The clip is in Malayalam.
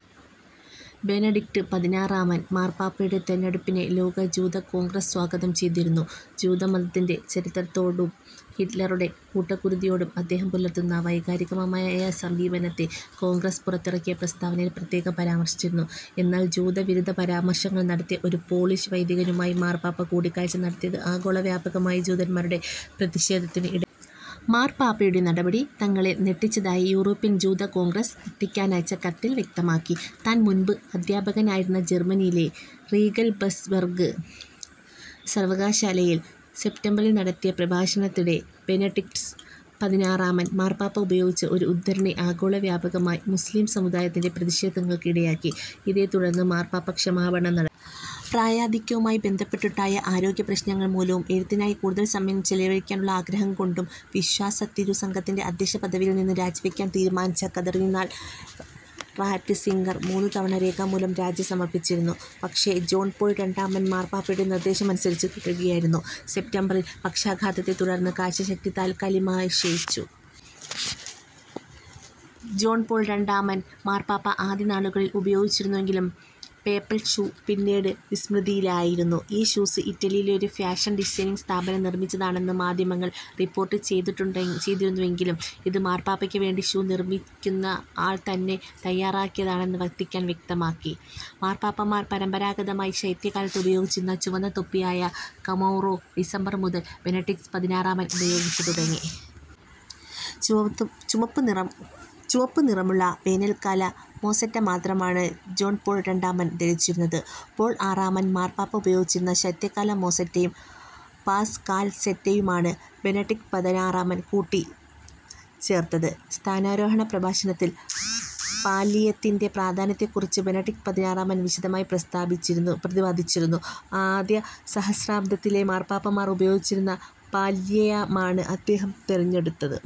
ബെനെഡിക്ട് പതിനാറാമൻ മാർപ്പാപ്പയുടെ തെരഞ്ഞെടുപ്പിനെ ലോക ജൂത കോൺഗ്രസ് സ്വാഗതം ചെയ്തിരുന്നു. ജൂത മതത്തിന്റെ ചരിത്രത്തോടും ഹിറ്റ്ലറുടെ കൂട്ടക്കുരിതിയോടും അദ്ദേഹം പുലർത്തുന്ന വൈകാരികമായ സമീപനത്തെ കോൺഗ്രസ് പുറത്തിറക്കിയ പ്രസ്താവനയിൽ പ്രത്യേകം പരാമർശിച്ചിരുന്നു. എന്നാൽ ജൂത വിരുദ്ധ പരാമർശങ്ങൾ നടത്തിയ ഒരു പോളിഷ് വൈദികനുമായി മാർപ്പാപ്പ കൂടിക്കാഴ്ച്ച നടത്തിയത് ആഗോള വ്യാപകമായി ജൂതൻമാരുടെ പ്രതിഷേധത്തിന് ഇടയാക്കി. മാർപ്പാപ്പയുടെ നടപടി തങ്ങളെ ഞെട്ടിച്ചതായി യൂറോപ്യൻ ജൂത കോൺഗ്രസ് വത്തിക്കാനയച്ച കത്തിൽ വ്യക്തമാക്കി. താൻ മുൻപ് അദ്ധ്യാപകനായിരുന്ന ജർമനിയിലെ റീഗൻസ്ബർഗ് സർവകലാശാലയിൽ സെപ്റ്റംബറിൽ നടത്തിയ പ്രഭാഷണത്തിനിടെ ബെനെഡിക്ട് പതിനാറാമൻ മാർപ്പാപ്പ ഉപയോഗിച്ച ഒരു ഉദ്ധരണി ആഗോള വ്യാപകമായി മുസ്ലിം സമൂദായത്തിന്റെ പ്രതിഷേധങ്ങൾക്ക് ഇടയാക്കി. ഇതേ തുടർന്ന് മാർപ്പാപ്പ ക്ഷമാപണം നടത്തി. പ്രായാധിക്യവുമായി ബന്ധപ്പെട്ടുണ്ടായ ആരോഗ്യ പ്രശ്നങ്ങൾ മൂലവും എഴുത്തിനായി കൂടുതൽ സമയം ചെലവഴിക്കാനുള്ള ആഗ്രഹം കൊണ്ടും വിശ്വാസ തിരുസംഘത്തിൻറെ അധ്യക്ഷ പദവിയിൽനിന്ന് രാജിവെക്കാൻ തീരുമാനിച്ച കർദ്ദിനാൾ റാറ്റ്സിംഗർ മൂന്നു തവണ രേഖാമൂലം രാജി സമർപ്പിച്ചിരുന്നു. പക്ഷെ, ജോൺ പോൾ രണ്ടാമൻ മാർപ്പാപ്പയുടെ നിർദ്ദേശമനുസരിച്ച് തുടരുകയായിരുന്നു. സെപ്റ്റംബറിൽ പക്ഷാഘാതത്തെ തുടർന്ന് കാഴ്ച്ചശക്തി താൽകാലികമായി ക്ഷയിച്ചു. ജോൺ പോൾ രണ്ടാമൻ മാർപ്പാപ്പ ആദ്യ നാളുകളിൽ ഉപയോഗിച്ചിരുന്നെങ്കിലും പേപ്പൽ ഷൂസ് പിന്നീട് വിസ്മൃതിയിലായിരുന്നു. ഈ ഷൂസ് ഇറ്റലിയിലെ ഒരു ഫാഷൻ ഡിസൈനിംഗ് സ്ഥാപനം നിർമിച്ചതാണെന്ന് മാധ്യമങ്ങൾ റിപ്പോർട്ട് ചെയ്തിരുന്നെങ്കിലും ഇത് മാർപ്പാപ്പക്കു വേണ്ടി ഷൂ നിർമ്മിക്കുന്നയാൾതന്നെ തന്നെ തയ്യാറാക്കിയതാണെന്ന് വത്തിക്കാൻ വ്യക്തമാക്കി. മാർപ്പാപ്പമാർ പരമ്പരാഗതമായി ശൈത്യകാലത്ത് ഉപയോഗിച്ചിരുന്ന ചുവന്ന തൊപ്പിയായ കമൗറോ ഡിസംബർ മുതൽ ബെനെഡിക്ട് പതിനാറാമൻ ഉപയോഗിച്ചു തുടങ്ങി. ചുവപ്പു നിറമുള്ള വേനൽകാല മോസെറ്റ മാത്രമാണ് ജോൺ പോൾ രണ്ടാമൻ ധരിച്ചിരുന്നത്. പോൾ ആറാമൻ മാർപ്പാപ്പ ഉപയോഗിച്ചിരുന്ന ശൈത്യകാല മോസ്സെറ്റയും പാസ്കൽാസെറ്റയുമാണ് ബെനഡിക്ട് പതിനാറാമൻ കൂട്ടിച്ചേർത്തത്. സ്ഥാനാരോഹണ പ്രഭാഷണത്തിൽ പാല്ലിയത്തിൻറെ പ്രാധാന്യത്തെക്കുറിച്ച് ബെനെഡിക്ട് പതിനാറാമൻ വിശദമായി പ്രതിപാദിച്ചിരുന്നു. ആദ്യ സഹസ്രാബ്ദത്തിലെ മാർപ്പാപ്പമാർ ഉപയോഗിച്ചിരുന്ന പാല്ലിയമാണ് അദ്ദേഹം തെരഞ്ഞെടുത്തത്.